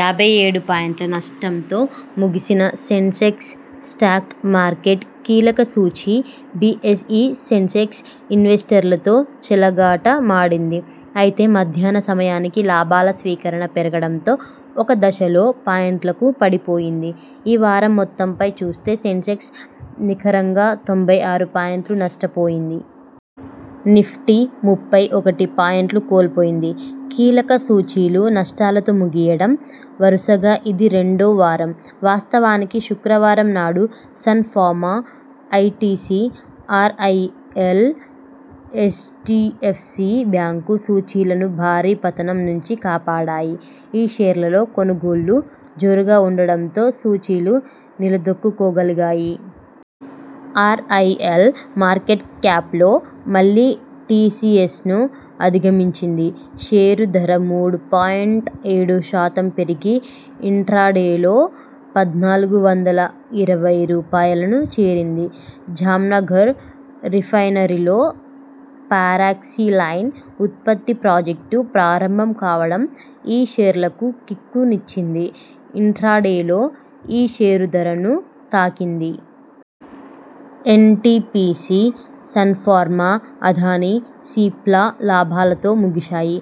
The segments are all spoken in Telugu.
యాభై ఏడు పాయింట్ల నష్టంతో ముగిసిన సెన్సెక్స్ స్టాక్ మార్కెట్ కీలక సూచీ బిఎస్ఇ సెన్సెక్స్ ఇన్వెస్టర్లతో చెలగాట మాడింది. అయితే మధ్యాహ్న సమయానికి లాభాల స్వీకరణ పెరగడంతో ఒక దశలో పాయింట్లకు పడిపోయింది. ఈ వారం మొత్తంపై చూస్తే సెన్సెక్స్ నికరంగా తొంభై ఆరు పాయింట్లు నష్టపోయింది. నిఫ్టీ ముప్పై ఒకటి పాయింట్లు కోల్పోయింది. కీలక సూచీలు నష్టాలతో ముగియడం వరుసగా ఇది రెండో వారం. వాస్తవానికి శుక్రవారం నాడు Sun Pharma, ITC, RIL, HDFC bank సూచీలను భారీ పతనం నుంచి కాపాడాయి. ఈ షేర్లలో కొనుగోళ్లు జోరుగా ఉండటంతో సూచీలు నిలదొక్కుకోగలిగాయి. ఆర్ఐఎల్ మార్కెట్ క్యాప్లో మళ్లీ టిసిఎస్ను అధిగమించింది. షేరు ధర మూడు పాయింట్ ఏడు శాతం పెరిగి ఇంట్రాడేలో పద్నాలుగు వందల ఇరవై రూపాయలను చేరింది. జామ్నగర్ రిఫైనరీలో పారాక్సిలైన్ ఉత్పత్తి ప్రాజెక్టు ప్రారంభంకావడం ఈ షేర్లకు కిక్కు నిచ్చింది. ఇంట్రాడేలో ఈ షేరు ధర ను తాకింది. ఎన్టిపిసి, సన్ఫార్మా, అదానీ, సిప్లా లాభాలతో ముగిశాయి.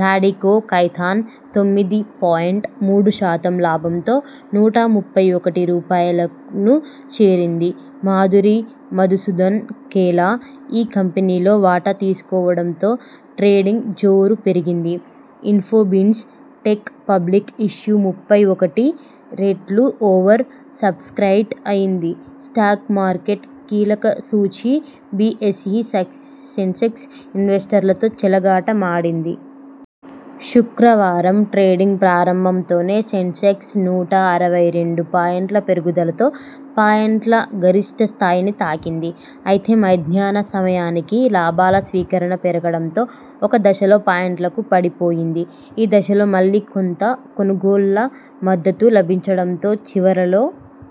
రాడికో ఖైతాన్ తొమ్మిది పాయింట్ మూడు శాతం లాభంతో నూట ముప్పై ఒకటి రూపాయలను చేరింది మాధురి ,మధుసూదన్ కేలా ఈ కంపెనీలో వాటా తీసుకోవడంతో ట్రేడింగ్ జోరు పెరిగింది. ఇన్ఫోబీన్స్ టెక్ పబ్లిక్ ఇష్యూ ముప్పై ఒకటి రెట్లు ఓవర్ సబ్స్క్రయిబ్ అయింది స్టాక్ మార్కెట్ కీలక సూచీ బిఎస్ఇ సెన్సెక్స్ ఇన్వెస్టర్లతో చెలగాట మాడింది. శుక్రవారం ట్రేడింగ్ ప్రారంభంతోనే సెన్సెక్స్ నూట అరవై రెండు పాయింట్ల పెరుగుదలతో పాయింట్ల గరిష్ఠ స్థాయిని తాకింది. అయితే మధ్యాహ్న సమయానికి లాభాల స్వీకరణ పెరగడంతో ఒక దశలో పాయింట్లకు పడిపోయింది. ఈ దశలో మళ్లీ కొంత కొనుగోళ్ల మద్దతు లభించడంతో చివరలో